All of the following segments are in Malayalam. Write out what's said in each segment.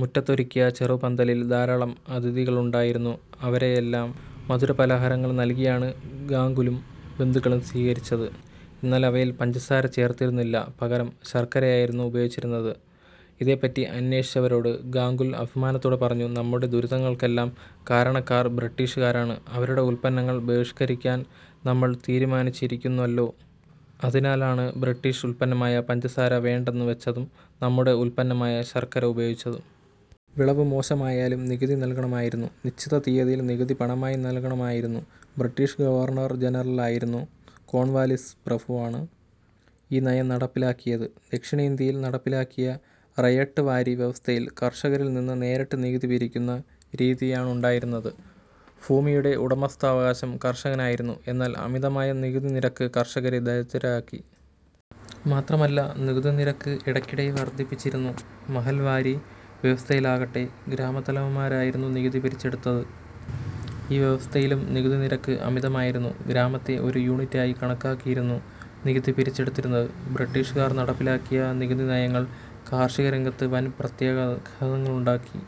മുറ്റത്തൊരുക്കിയ ചെറുപന്തലിൽ ധാരാളം അതിഥികളുണ്ടായിരുന്നു. അവരെയെല്ലാം മധുരപലഹാരങ്ങൾ നൽകിയാണ് ഗാംഗുലും ബന്ധുക്കളും സ്വീകരിച്ചത്. എന്നാൽ അവയിൽ പഞ്ചസാര ചേർത്തിരുന്നില്ല. പകരം ശർക്കരയായിരുന്നു ഉപയോഗിച്ചത്. ഇതേപ്പറ്റി അന്വേഷിച്ചവരോട് ഗാംഗുൽ അഭിമാനത്തോടെ പറഞ്ഞു: "നമ്മുടെ ദുരിതങ്ങൾക്കെല്ലാം കാരണക്കാർ ബ്രിട്ടീഷുകാരാണ്. അവരുടെ ഉൽപ്പന്നങ്ങൾ ബഹിഷ്കരിക്കാൻ നമ്മൾ തീരുമാനിച്ചിരുന്നല്ലോ. അതിനാലാണ് ബ്രിട്ടീഷ് ഉൽപ്പന്നമായ പഞ്ചസാര വേണ്ടെന്ന് വച്ചതും നമ്മുടെ ഉൽപ്പന്നമായ ശർക്കര ഉപയോഗിച്ചതും. വിളവ് മോശമായാലും നികുതി നൽകണമായിരുന്നു. നിശ്ചിത തീയതിയിൽ നികുതി പണമായി നൽകണമായിരുന്നു. ബ്രിട്ടീഷ് ഗവർണർ ജനറൽ ആയിരുന്ന കോൺവാലീസ് പ്രഭുവാണ് ഈ നയം നടപ്പിലാക്കിയത്. ദക്ഷിണേന്ത്യയിൽ നടപ്പിലാക്കിയ റയട്ട് വാരി വ്യവസ്ഥയിൽ കർഷകരിൽ നിന്ന് നേരിട്ട് നികുതി പിരിക്കുന്ന രീതിയാണുണ്ടായിരുന്നത്. ഭൂമിയുടെ ഉടമസ്ഥാവകാശം കർഷകനായിരുന്നു. എന്നാൽ അമിതമായ നികുതി നിരക്ക് കർഷകരെ ദരിദ്രരാക്കി. മാത്രമല്ല നികുതിനിരക്ക് ഇടയ്ക്കിടെ വർധിപ്പിച്ചിരുന്നു. മഹൽവാരി വ്യവസ്ഥയിലാകട്ടെ, ഗ്രാമത്തലവന്മാരായിരുന്നു നികുതി പിരിച്ചെടുത്തത്. ഈ വ്യവസ്ഥയിലും നികുതിനിരക്ക് അമിതമായിരുന്നു. ഗ്രാമത്തെ ഒരു യൂണിറ്റായി കണക്കാക്കിയായിരുന്നു നികുതി പിരി ച്ചെടുത്തിരുന്നത്. ബ്രിട്ടീഷുകാർ നടപ്പിലാക്കിയ നികുതി നയങ്ങൾ കാർഷികരംഗത്ത് വൻ പ്രത്യാഘാതങ്ങളുണ്ടാക്കി.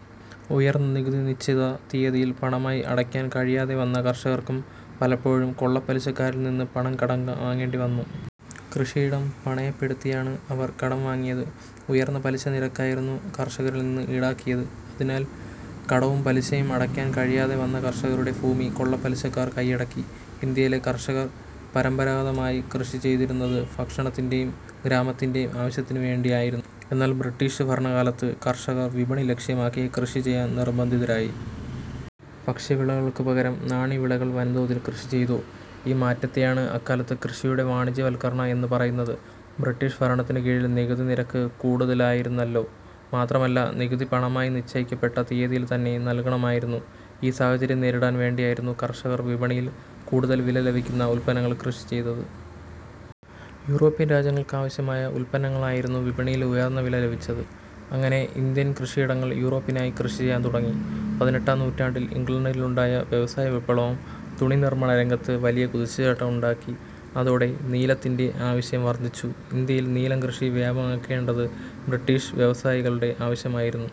ഉയർന്ന നികുതി നിശ്ചിത തീയതിയിൽ പണമായി അടയ്ക്കാൻ കഴിയാതെവന്ന കർഷകർക്കു പലപ്പോഴും കൊള്ളപ്പലിശക്കാരിൽ നിന്ന് പണം കടം വാങ്ങേണ്ടിവന്നു. കൃഷിയിടം പണയപ്പെടുത്തിയാണ് അവർ കടം വാങ്ങിയത്. ഉയർന്ന പലിശനിരക്കായിരുന്നു കർഷകരിൽനിന്ന് ഈടാക്കിയത്. അതിനാൽ കടവും പലിശയും അടയ്ക്കാൻ കഴിയാതെവന്ന കർഷകരുടെ ഭൂമി കൊള്ളപ്പലിശക്കാർ കൈയടക്കി. ഇന്ത്യയിലെ കർഷകർ പരമ്പരാഗതമായി കൃഷിചെയ്തിരുന്നത് ഭക്ഷണത്തിന്റെയും ഗ്രാമത്തിന്റെയും ആവശ്യത്തിനുവേണ്ടിയായിരുന്നു. എന്നാൽ ബ്രിട്ടീഷ് ഭരണകാലത്ത് കർഷകർ വിപണി ലക്ഷ്യമാക്കി കൃഷി ചെയ്യാൻ നിർബന്ധിതരായി. ഭക്ഷ്യവിളകൾക്കു പകരം നാണ്യവിളകൾ വൻതോതിൽ കൃഷിചെയ്തു. ഈ മാറ്റത്തെയാണ് അക്കാലത്ത് കൃഷിയുടെ വാണിജ്യവൽക്കരണം എന്നു പറയുന്നത്. ബ്രിട്ടീഷ് ഭരണത്തിനുകീഴിൽ നികുതി നിരക്ക് കൂടുതലായിരുന്നല്ലോ. മാത്രമല്ല, നികുതി പണമായി, നിശ്ചയിക്കപ്പെട്ട തീയതിയിൽത്തന്നെ നൽകണമായിരുന്നു. ഈ സാഹചര്യം നേരിടാൻ വേണ്ടിയായിരുന്നു കർഷകർ വിപണിയിൽ കൂടുതൽ വില ലഭിക്കുന്ന ഉൽപ്പന്നങ്ങൾ കൃഷിചെയ്തത്. യൂറോപ്യൻ രാജ്യങ്ങൾക്കാവശ്യമായ ഉൽപ്പന്നങ്ങൾക്കായിരുന്നു വിപണിയിൽ ഉയർന്ന വില ലഭിച്ചത്. അങ്ങനെ ഇന്ത്യൻ കൃഷിയിടങ്ങൾ യൂറോപ്പിനായി കൃഷിചെയ്യാൻ തുടങ്ങി. പതിനെട്ടാം നൂറ്റാണ്ടിൽ ഇംഗ്ലണ്ടിലുണ്ടായ വ്യവസായവിപ്ലവം തുണി നിർമാണരംഗത്ത് വലിയ കുതിച്ചുചാട്ടം ഉണ്ടാക്കി. അതോടെ നീലത്തിന്റെ ആവശ്യം വർധിച്ചു. ഇന്ത്യയിൽ നീലം കൃഷി വ്യാപകമാക്കേണ്ടത് ബ്രിട്ടീഷ് വ്യവസായികളുടെ ആവശ്യമായിരുന്നു.